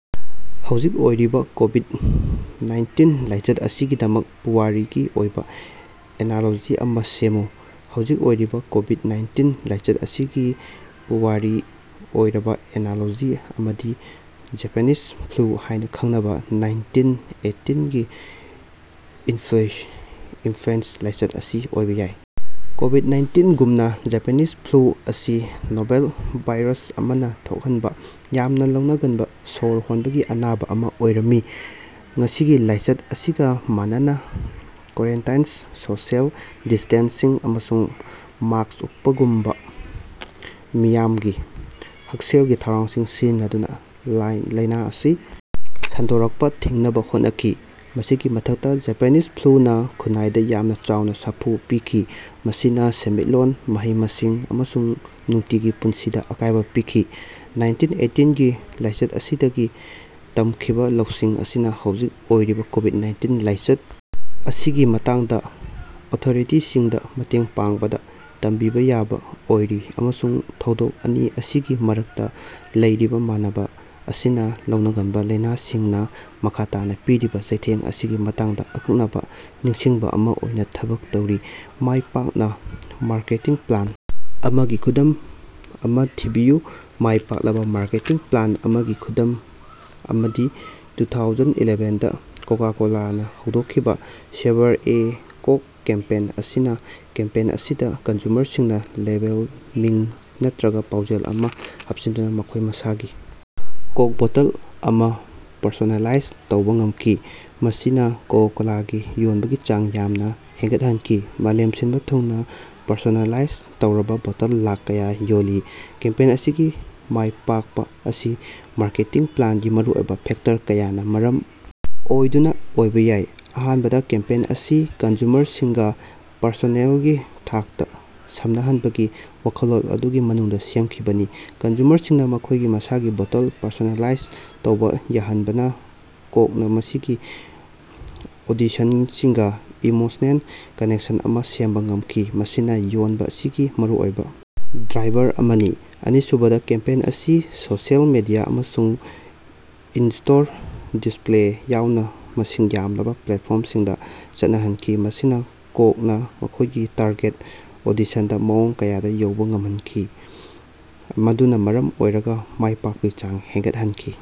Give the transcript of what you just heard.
ꯍꯧꯖꯤꯛ ꯑꯣꯏꯔꯤꯕ Covid nineteen ꯂꯥꯏꯆꯠ ꯑꯁꯤꯒꯤꯗꯃꯛ ꯄꯨꯋꯥꯔꯤꯒꯤ ꯑꯣꯏꯕꯥ ꯑꯦꯅꯥꯂꯣꯖꯤ ꯑꯃ ꯁꯦꯃꯃꯨ꯫ ꯍꯧꯖꯤꯛ ꯑꯣꯏꯔꯤꯕꯥ ꯀꯣꯕꯤꯠ ꯅꯥꯏꯟꯇꯤꯟ ꯂꯥꯏꯆꯠ ꯑꯁꯤꯒꯤ ꯄꯨꯋꯥꯔꯤ ꯑꯣꯏꯔꯕ ꯑꯦꯅꯥꯂꯣꯖꯤ ꯑꯃꯗꯤ ꯖꯄꯦꯅꯤꯁ ꯐ꯭ꯂꯨ ꯍꯥꯏꯅ ꯈꯪꯅꯕꯥ ꯅꯥꯏꯟꯇꯤꯟ ꯑꯦꯠꯇꯤꯟ ꯒꯤ ꯏꯟꯐ꯭ꯂꯨꯑꯦꯟꯁ ꯂꯥꯏꯆꯠ ꯑꯁꯤ ꯑꯣꯏꯕꯥ ꯌꯥꯏ꯫ ꯀꯣꯕꯤꯠ ꯅꯥꯏꯟꯇꯤꯟ ꯒꯨꯝꯅꯥ ꯖꯄꯦꯅꯤꯁ ꯐ꯭ꯂꯨ ꯑꯁꯤ ꯅꯣꯚꯦꯜ ꯚꯥꯏꯔꯁ ꯑꯃꯥꯅꯥ ꯊꯣꯛꯍꯟꯕꯥ ꯌꯥꯝꯅꯥ ꯂꯧꯅꯒꯟꯕꯥ ꯁꯣꯔ ꯍꯣꯟꯕꯒꯤ ꯑꯅꯥꯕꯥ ꯑꯃꯥ ꯑꯣꯏꯔꯝꯃꯤ꯫ ꯉꯁꯤꯒꯤ ꯂꯥꯏꯆꯠ ꯑꯁꯤꯒꯥ ꯃꯥꯟꯅꯅꯥ ꯀꯣꯔꯦꯟꯇꯥꯏꯟ ꯁꯣꯁꯤꯌꯦꯜ ꯗꯤꯁ꯭ꯇꯦꯟꯁꯤꯡ ꯑꯃꯁꯨꯡ ꯃꯥꯁꯛ ꯎꯞꯄꯒꯨꯝꯕꯥ ꯃꯤꯌꯥꯝꯒꯤ ꯍꯛꯁꯦꯜꯒꯤ ꯊꯧꯔꯥꯡꯁꯤꯡ ꯁꯤꯖꯤꯟꯅꯗꯨꯅꯥ ꯂꯩꯅꯥ ꯑꯁꯤ ꯁꯟꯗꯣꯔꯛꯄꯥ ꯊꯤꯡꯅꯕꯥ ꯍꯣꯠꯅꯈꯤ꯫ ꯃꯁꯤꯒꯤ ꯃꯊꯛꯇꯥ ꯖꯄꯦꯅꯤꯁ ꯐ꯭ꯂꯨꯅꯥ ꯈꯨꯟꯅꯥꯏꯗꯥ ꯌꯥꯝꯅꯥ ꯆꯥꯎꯅꯥ ꯁꯥꯐꯨ ꯄꯤꯈꯤ ꯃꯁꯤꯅꯥ ꯁꯦꯟꯃꯤꯠꯂꯣꯟ ꯃꯍꯩ-ꯃꯁꯤꯡ ꯑꯃꯁꯨꯡ ꯅꯨꯡꯇꯤꯒꯤ ꯄꯨꯟꯁꯤꯗꯥ ꯑꯀꯥꯏꯕꯥ ꯄꯤꯈꯤ꯫ ꯅꯥꯏꯟꯇꯤꯟ ꯑꯦꯠꯇꯤꯟ ꯒꯤ ꯂꯥꯏꯆꯠ ꯑꯁꯤꯗꯒꯤ ꯇꯃꯈꯤꯕꯥ ꯂꯧꯁꯤꯡ ꯑꯁꯤꯅꯥ ꯍꯧꯖꯤꯛ ꯑꯣꯏꯔꯤꯕꯥ ꯀꯣꯕꯤꯠ ꯅꯥꯏꯟꯇꯤꯟ ꯂꯥꯏꯆꯠ ꯑꯁꯤꯒꯤ ꯃꯇꯥꯡꯗꯥ ꯑꯣꯊꯣꯔꯤꯇꯤꯁꯤꯡꯗꯥ ꯃꯇꯦꯡ ꯄꯥꯡꯕꯗ ꯇꯝꯕꯤꯕꯥ ꯌꯥꯕꯥ ꯑꯣꯏꯔꯤ ꯑꯃꯁꯨꯡ ꯊꯧꯗꯣꯛ ꯑꯅꯤ ꯑꯁꯤꯒꯤ ꯃꯔꯛꯇꯥ ꯂꯩꯔꯤꯕ ꯃꯥꯟꯅꯕ ꯑꯁꯤꯅꯥ ꯂꯧꯅꯒꯟꯕ ꯂꯩꯅꯥꯁꯤꯡꯅꯥ ꯃꯈꯥ ꯇꯥꯅꯥ ꯄꯤꯔꯤꯕꯥ ꯆꯩꯊꯦꯡ ꯑꯁꯤꯒꯤ ꯃꯇꯥꯡꯗꯥ ꯑꯀꯛꯅꯕꯥ ꯅꯤꯡꯁꯤꯡꯕꯥ ꯑꯃꯥ ꯑꯣꯏꯅ ꯊꯕꯛ ꯇꯧꯔꯤ꯫ ꯃꯥꯏꯄꯥꯛꯅꯥ ꯃꯥꯔꯀꯦꯇꯤꯡ ꯄ꯭ꯂꯥꯟ ꯑꯃꯒꯤ ꯈꯨꯗꯝ ꯑꯃ ꯊꯤꯕꯤꯌꯨ꯫ ꯃꯥꯏ ꯄꯥꯛꯂꯕꯥ ꯃꯥꯔꯀꯦꯇꯤꯡ ꯄ꯭ꯂꯥꯟ ꯑꯃꯥꯒꯤ ꯈꯨꯗꯝ ꯑꯃꯥꯗꯤ ꯇꯨꯊꯥꯎꯖꯟ ꯏꯂꯥꯕꯦꯟ ꯗꯥ ꯀꯣꯀꯥ ꯀꯣꯂꯥꯅ ꯍꯧꯗꯣꯛꯈꯤꯕ ꯁꯦꯕꯔ ꯑꯦ ꯀꯣꯛ ꯀꯦꯝꯄꯦꯟ ꯑꯁꯤꯅꯤ ꯀꯦꯝꯄꯦꯟ ꯑꯁꯤꯗ ꯀꯟꯖꯨꯃꯔꯁꯤꯡꯅ ꯂꯦꯕꯦꯜꯗ ꯃꯤꯡ ꯅꯠꯇ꯭ꯔꯥꯒ ꯄꯥꯎꯖꯦꯜ ꯑꯃ ꯍꯥꯞꯆꯤꯟꯗꯨꯅ ꯃꯈꯣꯏ ꯃꯁꯥꯒꯤ ꯀꯣꯛ ꯕꯣꯇꯜ ꯑꯃ ꯄꯔꯁꯣꯅꯦꯂꯥꯏꯖ ꯇꯧꯕ ꯉꯝꯈꯤ꯫ ꯃꯁꯤꯅ ꯀꯣꯀꯥ ꯀꯣꯂꯥꯒꯤ ꯌꯣꯟꯕꯒꯤ ꯆꯥꯡ ꯌꯥꯝꯅ ꯍꯦꯟꯒꯠꯍꯟꯈꯤ ꯃꯥꯂꯦꯝ ꯁꯤꯟꯕ ꯊꯨꯡꯅ ꯄꯔꯁꯣꯅꯦꯂꯥꯏꯖ ꯇꯧꯔꯕ ꯕꯣꯇꯜ ꯂꯥꯛ ꯀꯌꯥ ꯌꯣꯜꯂꯤ꯫ ꯀꯦꯝꯄꯦꯟ ꯑꯁꯤꯒꯤ ꯃꯥꯏ ꯄꯥꯛꯄ ꯑꯁꯤ ꯃꯥꯔꯀꯦꯇꯤꯡ ꯄ꯭ꯂꯥꯟꯒꯤ ꯃꯔꯨꯑꯣꯏꯕ ꯐꯦꯛꯇꯔ ꯀꯌꯥꯅ ꯃꯔꯝ ꯑꯣꯏꯗꯨꯅ ꯑꯣꯏꯕ ꯌꯥꯏ꯫ ꯑꯍꯥꯟꯕꯗ ꯀꯦꯝꯄꯦꯟ ꯑꯁꯤ ꯀꯟꯖꯨꯃꯔꯁꯤꯡꯒ ꯄꯔꯁꯣꯅꯦꯜꯒꯤ ꯊꯥꯛꯇ ꯁꯝꯅꯍꯟꯕꯒꯤ ꯋꯥꯈꯜꯂꯣꯟ ꯑꯗꯨꯒꯤ ꯃꯅꯨꯡꯗ ꯁꯦꯝꯈꯤꯕꯅꯤ꯫ ꯀꯟꯖꯨꯃꯔꯁꯤꯡꯅ ꯃꯈꯣꯏ ꯃꯁꯥꯒꯤ ꯕꯣꯇꯜ ꯄꯔꯁꯣꯅꯦꯂꯥꯏꯖ ꯇꯧꯕ ꯌꯥꯍꯟꯕꯅ ꯀꯣꯛꯅ ꯃꯁꯤꯒꯤ ꯑꯣꯗꯤꯑꯣꯁꯤꯡꯒ ꯏꯃꯣꯁꯅꯦꯜ ꯀꯅꯦꯛꯁꯟ ꯑꯃꯥ ꯁꯦꯝꯕꯥ ꯉꯝꯈꯤ ꯃꯁꯤꯅ ꯌꯣꯟꯕ ꯑꯁꯤꯒꯤ ꯃꯔꯨꯑꯣꯏꯕ ꯗ꯭ꯔꯥꯏꯕꯔ ꯑꯃꯅꯤ꯫ ꯑꯅꯤꯁꯨꯕꯗ ꯀꯦꯝꯄꯦꯟ ꯑꯁꯤ ꯁꯣꯁꯤꯑꯦꯜ ꯃꯦꯗꯤꯌ ꯑꯃꯁꯨꯡ ꯏꯟꯁꯇꯣꯔ ꯗꯤꯁꯄꯂꯦ ꯌꯥꯎꯅ ꯃꯁꯤꯡ ꯌꯥꯝꯂꯕ ꯄ꯭ꯂꯦꯠꯐꯣꯔꯝꯁꯤꯡꯗ ꯆꯠꯅꯍꯟꯈꯤ꯫ ꯃꯁꯤꯅ ꯀꯣꯛꯅ ꯃꯈꯣꯏꯒꯤ ꯇꯥꯔꯒꯦꯠ ꯑꯣꯗꯤꯁꯟꯗ ꯃꯑꯣꯡ ꯀꯌꯥꯗ ꯌꯧꯕ ꯉꯝꯍꯟꯈꯤ ꯃꯗꯨꯅ ꯃꯔꯝ ꯑꯣꯏꯔꯒ ꯃꯥꯏꯄꯥꯛꯄꯒꯤ ꯆꯥꯡ ꯍꯦꯟꯒꯠꯍꯟꯈꯤ꯫